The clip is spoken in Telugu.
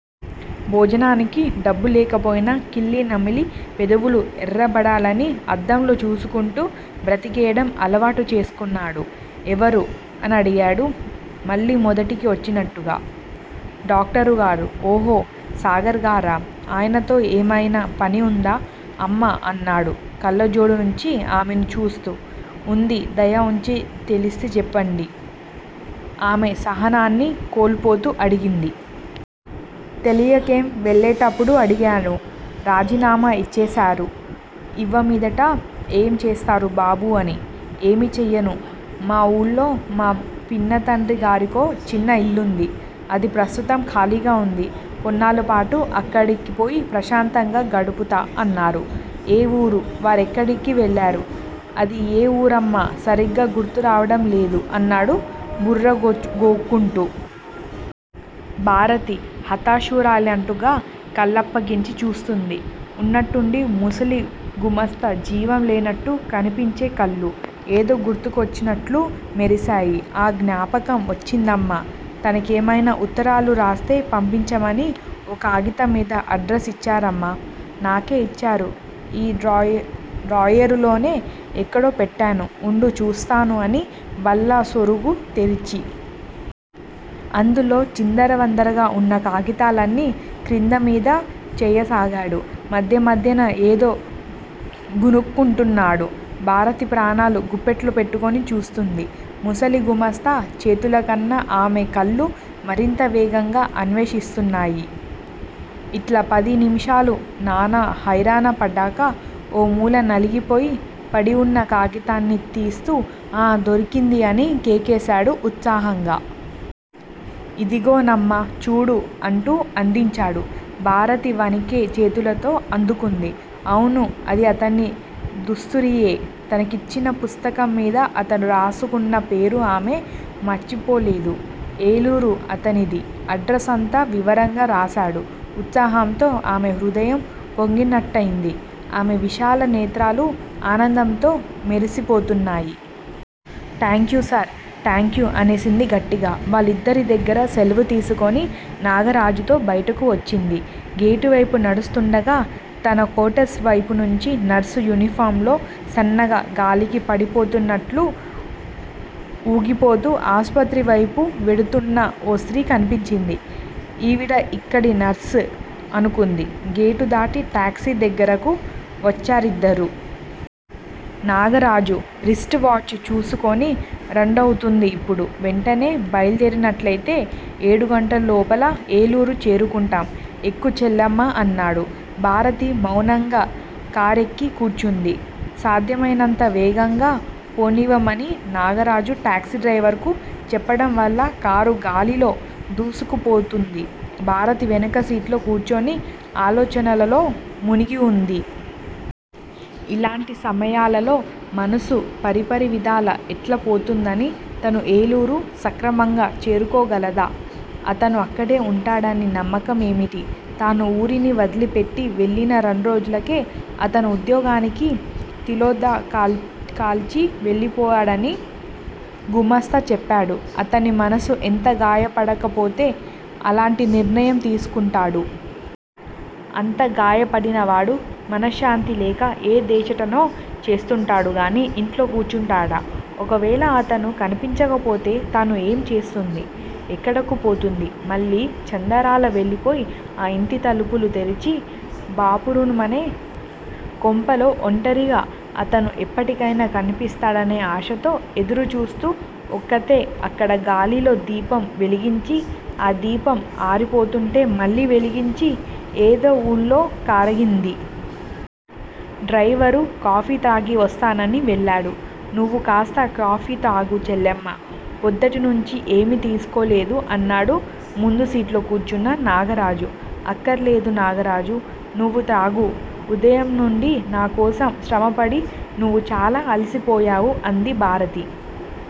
భోజనానికి డబ్బు లేకపోయినా కిళ్ళీ నమిలి పెదవులు ఎర్రబడడాన్ని అద్దంలో చూసుకుంటూ బతికేయడం అలవాటు చేసుకున్నాడు. ఎవరు? అనడిగాడు మళ్ళీ మొదటికి వచ్చినట్లుగా. డాక్టరుగారు ఓహో! సాగర్ గారా? ఆయనతో ఏమయినా పని ఉందా, అమ్మా? అన్నాడు కళ్ళజోడులోంచి ఆమెను చూస్తూ. ఉంది దయ ఉంచి తెలిస్తే చెప్పండి ఆమె సహనాన్ని కోల్పోతూ అడిగింది. తెలియకేం? వెళ్ళేటప్పుడు అడిగాను. రాజీనామా ఇచ్చేశారు! ఇహమీదట ఏం చేస్తారు బాబూ అని. 'ఏమీ చెయ్యను! మా వూళో మా పినతండ్రిగారికో చిన్న ఇల్లుంది. అది ప్రస్తుతం ఖాళీగా వుంది. కొన్నాళ్ళపాటూ అక్కడికిపోయి ప్రశాంతంగా గడుపుతా' అన్నారు. ఏ వూరు? వారెక్కడికి వెళ్ళారు? అదీ ఏ వూరోనమ్మా సరిగ్గా గుర్తురావటంలేదు అన్నాడు బుర్ర గోక్కుంటూ. భారతి హతాశురాలైనట్లుగా కళ్ళప్పగించి చూస్తూంది. ఉన్నట్లుండి ముసలి గుమాస్తా జీవం లేనట్లు కనిపించే కళ్ళు. ఏదో గుర్తుకువచ్చినట్లు మెరిశాయి. ఆఁ జ్ఞాపకం వచ్చిందమ్మా తనకేమైనా ఉత్తరాలు వస్తే పంపించమని ఓ కాగితంమీద అడ్రస్ ఇచ్చారమ్మా నాకే ఇచ్చారు. ఈ డ్రాయర్ డ్రాయరులోనే ఎక్కడో పెట్టాను ఉండు చూస్తాను అని బల్ల సొరుగు తెరిచి. అందులో చిందరవందరగా ఉన్న కాగితాలన్నీ క్రిందా మీదా చేయసాగాడు. మధ్య మధ్యన యేదో గొణుక్కుంటున్నాడు. భారతి ప్రాణాలు గుప్పెట్లో పెట్టుకుని చూస్తూంది. ముసలి గుమాస్తా చేతులకన్నా ఆమె కళ్ళు మరింత వేగంగా అన్వేషిస్తున్నాయి. ఇట్లా పది నిమిషాలు నానా హైరానా పడ్డాక. ఓ మూల నలిగిపోయి పడివున్న కాగితాన్ని తీస్తూ ఆఁ, దొరికింది అని కేకేశాడు ఉత్సాహంగా. ఇదిగోనమ్మా! చూడు అంటూ అందిచ్చాడు. భారతి వణికే చేతులతో అందుకుంది. అవును, అది అతని దస్తూరీయే! తనకిచ్చిన పుస్తకంమీద అతను రాసుకున్న పేరు ఆమె మరిచిపోలేదు. ఏలూరు అతనిది. అడ్రస్ అంతా వివరంగా రాశాడు. ఉత్సాహంతో ఆమె హృదయం పొంగినట్లయింది. ఆమె విశాల నేత్రాలు ఆనందంతో మెరిసిపోతున్నాయి. థాంక్యూ సర్ థాంక్యూ అనేసింది గట్టిగా. వాళ్ళందరి దగ్గరా సెలవు తీసుకుని నాగరాజుతో బయటకు వచ్చింది. గేటువైపు నడుస్తూండగా తన క్వార్టర్స్ వైపునుంచి నర్సు యూనిఫారంలో సన్నగా, గాలికి పడిపోతున్నట్లు వూగిపోతూ. ఆసుపత్రివైపు వెడుతూన్న ఓ స్త్రీ కనిపించింది. ఈవిడా ఇక్కడి నర్స్? అనుకుంది. గేటు దాటి టాక్సీ దగ్గరకు వచ్చారిద్దరూ. నాగరాజు రిస్ట్ వాచ్ చూసుకుని, రెండవుతూంది ఇప్పుడు. వెంటనే బయల్దేరినట్లయితే ఏడుగంటల లోపుల ఏలూరు చేరుకుంటాం. ఎక్కు చెల్లెమ్మా అన్నాడు. భారతి మౌనంగా కారెక్కి కూర్చుంది. సాధ్యమైనంత వేగంగా పోనివ్వమని నాగరాజు టాక్సీ డ్రైవరుకు చెప్పటం వల్ల కారు గాలిలో దూసుకుపోతూంది. భారతి వెనక సీట్లో కూర్చుని ఆలోచనలలో మునిగి ఉంది. ఇలాంటి సమయాలలో మనస్సు పరిపరివిధాల ఎట్లా పోతుందని!!! తను ఏలూరు సక్రమంగా చేరుకోగలదా? అతను అక్కడే వుంటాడని నమ్మకమేమిటి? తాను ఊరిని వదిలిపెట్టి వెళ్ళిన రెండు రోజులకే అతనూ ఉద్యోగానికి తిలోదకాలిచ్చి వెళ్ళిపోయాడని గుమాస్తా చెప్పాడు. అతని మనసు ఎంత గాయపడకపోతే అలాంటి నిర్ణయం తీసుకుంటాడు! అంత గాయపడినవాడు, మనశ్శాంతి లేక ఏ దేశాటనమో చేస్తూంటాడు గానీ ఇంట్లో కూర్చుంటాడా? ఒకవేళ అతను కనిపించకపోతే తాను ఏం చేస్తుంది? ఎక్కడకు పోతుంది? మళ్ళీ చందరాల వెళ్ళిపోయి, ఆ ఇంటి తలుపులు తెరిచి బావురుమనే కొంపలో ఒంటరిగా, అతను ఎప్పటికైనా కనిపిస్తాడనే ఆశతో ఎదురు చూస్తూ ఒక్కతే అక్కడ గాలిలో దీపం వెలిగించి, ఆ దీపం ఆరిపోతుంటే మళ్ళీ వెలిగించి ఏదో ఊళ్లో కారాగింది. డ్రైవరు కాఫీ త్రాగి వస్తానని వెళ్ళాడు. నువ్వు కాస్త కాఫీ త్రాగు చెల్లెమ్మా. పొద్దుటినుంచీ ఏమీ తీసుకోలేదు అన్నాడు ముందుసీట్లో కూర్చున్న నాగరాజు. అక్కర్లేదు నాగరాజూ! నువ్వు త్రాగు. ఉదయం నుండీ నా కోసం శ్రమపడి, నువ్వు చాలా అలిసిపోయావు అంది భారతి